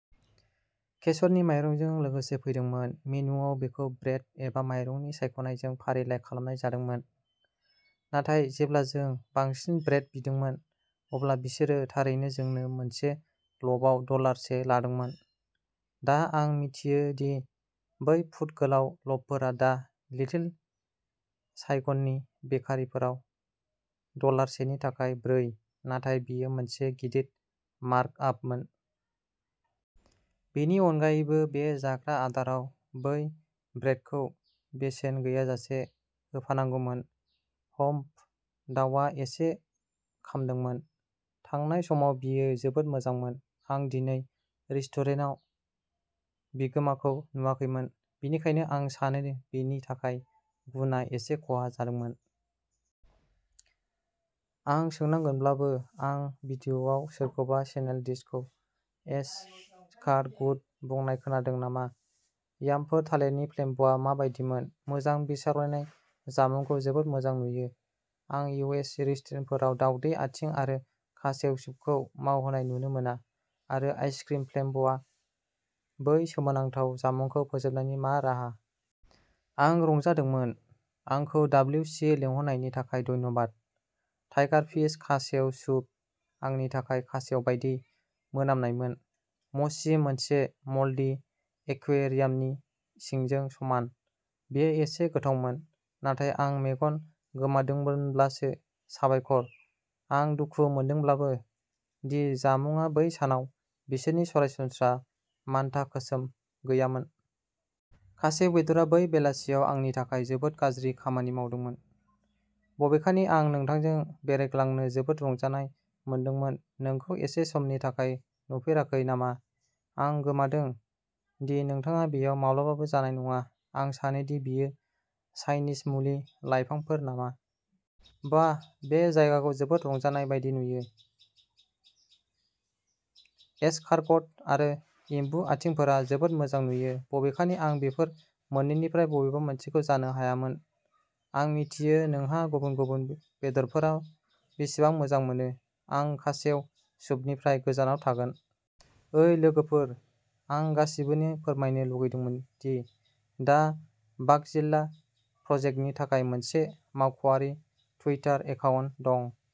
केसरनि माइरंजों लोगोसे फैदोंमोन। मेनुवाव बेखौ ब्रेड एबा माइरंनि सायख'नायजों फारिलाइ खालामनाय जादों। नाथाय जेब्ला जों बांसिन ब्रेड बिदोंमोन, अब्ला बिसोरो थारैनो जोंनो मोनसे ल'फआव डलार से लादोंमोन। दा, आं मिथियो दि बै फुट गोलाव ल'फफोरा दा लिटिल साइगननि बेकारिफोराव डलार सेनि थाखाय ब्रै, नाथाय बेयो मोनसे गिदिर मार्कआप। बेनि अनगायैबो, बे जाग्रा आदाराव बै ब्रेडखौ बेसेन गैयाजासे होफानांगौमोन। हम्फ! दावआ एसे खामदोंमोन। थांनाय समाव बेयो जोबोद मोजांमोन। आं दिनै रेस्टुरेन्टाव बिगोमाखौ नुवाखैमोन, बेनिखायनो आं सानो बेनि थाखाय गुनआ एसे खहा जादोंमोन। आं सोंनांगोनब्लाबो आं भिडिअ'आव सोरखौबा स्नेइल डिशखौ एस कार ग'ट बुंनाय खोनादों नामा? यामफोर थालिरनि फ्लेम्बआ माबायदिमोन? मोजां बिसावरायनाय! जामुंखौ जोबोद मोजां नुयो! आं इउ एस रेस्टुरेन्टफोराव दावदै आथिं आरो खासेव सुपखौ मावहोनाय नुनो मोना आरो आइसक्रिम फ्लेम्ब, बै सोमोनांथाव जामुंखौ फोजोबनायनि मा राहा! आं रंजादोंमोन! आंखौ डाब्लिउ सि लिंहरनायनि थाखाय धन्यबाद। टाइगारफिश, खासेव सुप, आंनि थाखाय, खासेव बायदि मोनामनायमोन। मसि, मोनसे मल्डि एक्वेरियामनि सिंजों समान। बेयो एसे गोथावमोन, नाथाय आं मेगन गोमादोंमोनब्लासो। साबायखर। आं दुखु मोनदोंमोनब्लाबो दि जामुंआ बै सानाव बिसोरनि सरासनस्रा मानथाखोसिम गैयामोन। खासेव बेदरआ बै बेलासियाव आंनि थाखाय जोबोद गाज्रि खामानि मावदोंमोन। बबेखानि, आं नोंथांजों बेरायग्लांनो जोबोद रंजानाय मोनदोंमोन। नोंखौ एसे समनि थाखाय नुफेराखै नामा। आं गोमोदों दि नोंथाङा बेयाव माब्लाबाबो जानाय नङा। आं सानो दि बेयो चाइनिज मुलि लाइफांफोर नामा? बाह, बे जायगाखौ जोबोद रंजानाय बायदि नुयो! एसकारगट आरो एम्बु आथिंफोरा जोबोद मोजां नुयो, बबेखानि आं बेफोर मोननैनिफ्राय बबेबा मोनसेखौ जानो हायामोन। आं मिथियो नोंहा गुबुन गुबुन बेदरफोरा बेसेबां मोजां मोनो। आं खासेव सुपनिफ्राय गोजानाव थागोन। ओइ लोगोफोर! आं गासिबोनो फोरमायनो लुगैदोंमोन दि दा बागजिला प्रजेक्टनि थाखाय मोनसे मावख'आरि टुइटार एकाउन्ट दं।